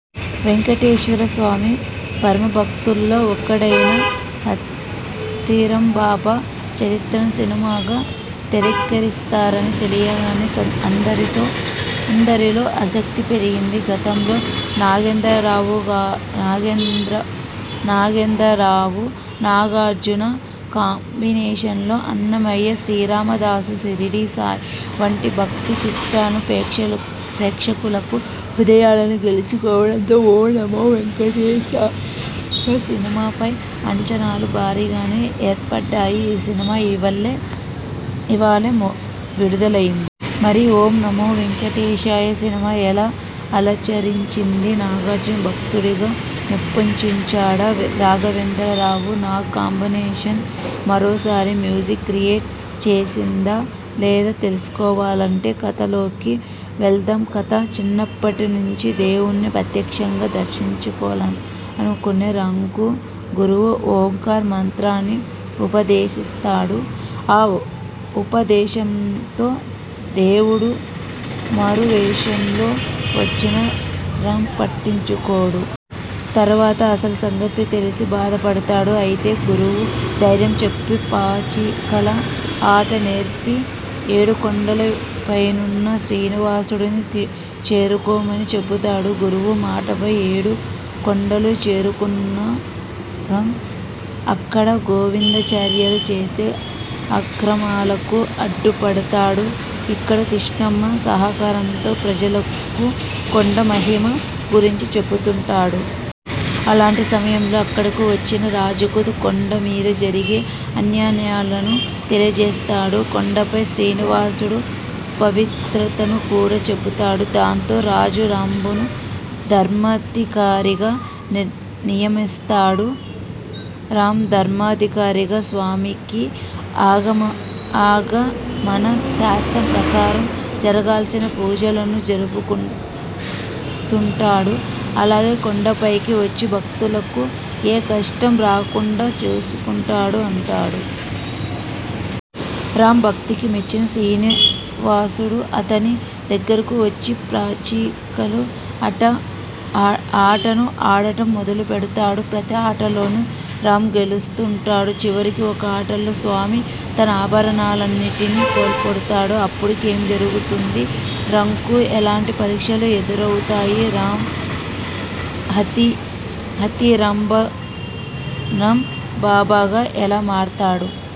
వెంకటేశ్వర స్వామి పరమభక్తుల్లో ఒకడైన హథీరాంబాబా చరిత్రను సినిమాగా తెరకెక్కిస్తారని తెలియగానే అందరిలో ఆసక్తి పెరిగింది. గతంలో రాఘవేంద్రరావు, నాగార్జున కాంబినేషన్లో అన్నమయ్య, శ్రీరామదాసు, శిరిడీసాయి వంటి భక్తి చిత్రాలు ప్రేక్షకుల హృదయాలను గెలుచుకోవడంతో ఓం నమో వేంకటేశాయ సినిమాపై అంచనాలు భారీగానే ఏర్పడ్డాయి. ఈ సినిమా ఇవాలే విడుదలైంది. మరి ఓం నమోవేంకటేశాయ సినిమా ఎలా అలరించింది? నాగార్జున భక్తుడుగా మెప్పించాడా? రాఘవేంద్రరావు, నాగ్ కాంబినేషన్ మరోసారి మ్యాజిక్ క్రియేట్ చేసిందా లేదో తెలుసుకోవాలంటే కథలోకి వెళదాం కథ: చిన్నప్పట్నుంచి దేవుణ్ణి ప్రత్యక్షంగా దర్శించాలనుకునే రాంకు గురువు ఓంకార మంత్రాన్ని ఉపదేశిస్తాడు. ఆ ఉపదేశంతో దేవుడు మారు రూపంలో వచ్చినా రాం పట్టించుకోడు. తర్వాత అసలు సంగతి తెలిసి బాధపడతాడు. అయితే గురువు ధైర్యం చెప్పి, పాచికల ఆట నేర్పి, ఏడు కొండలు పైనున్న శ్రీనివాసుడిని చేరుకోమని చెబుతాడు. గురువు మాటపై ఏడు కొండలు చేరుకున్న రాం అక్కడ గోవిందాచార్యులు చేసే అక్రమాలకు అడ్డుపడతాడు. ఇక్కడ కృష్ణమ్మ సహకారంతో ప్రజలకు కొండ మహిమ గురించి చెబుతుంటాడు. అలాంటి సమయంలో అక్కడకు వచ్చిన రాజుకు కొండ మీద జరిగే అన్యాయాలను తెలియజేస్తాడు. కొండపై శ్రీనివాసుడు పవిత్రతను కూడా చెబుతాడు. దాంతో రాజు రాంను ధర్మాధికారిగా నియమిస్తాడు. రాం ధర్మాధికారిగా స్వామికి ఆగమన శాస్త్రం ప్రకారం జరిగాల్సిన పూజలను జరుపుతుంటాడు. అలాగే కొండపైకి వచ్చే భక్తులకు ఏ కష్టాం రాకుండా చూసుకుంటూ ఉంటాడు. రాం భక్తకి మెచ్చిన శ్రీనివాసుడు, అతని దగ్గరకు వచ్చి పాచికలు ఆటను ఆడటం మొదలుపెడతాడు. ప్రతి ఆటలోనూ రాం గెలుస్తుంటాడు. చివరకు ఓ ఆటలో స్వామి తన ఆభరణాలన్నింటినీ కోల్పోతాడు. అప్పుడు ఏం జరుగుతుంది? రాంకు ఎలాంటి పరీక్షలు ఎదురవుతాయి? రాం హథీరాంబాబాగా ఎలా మారాడు?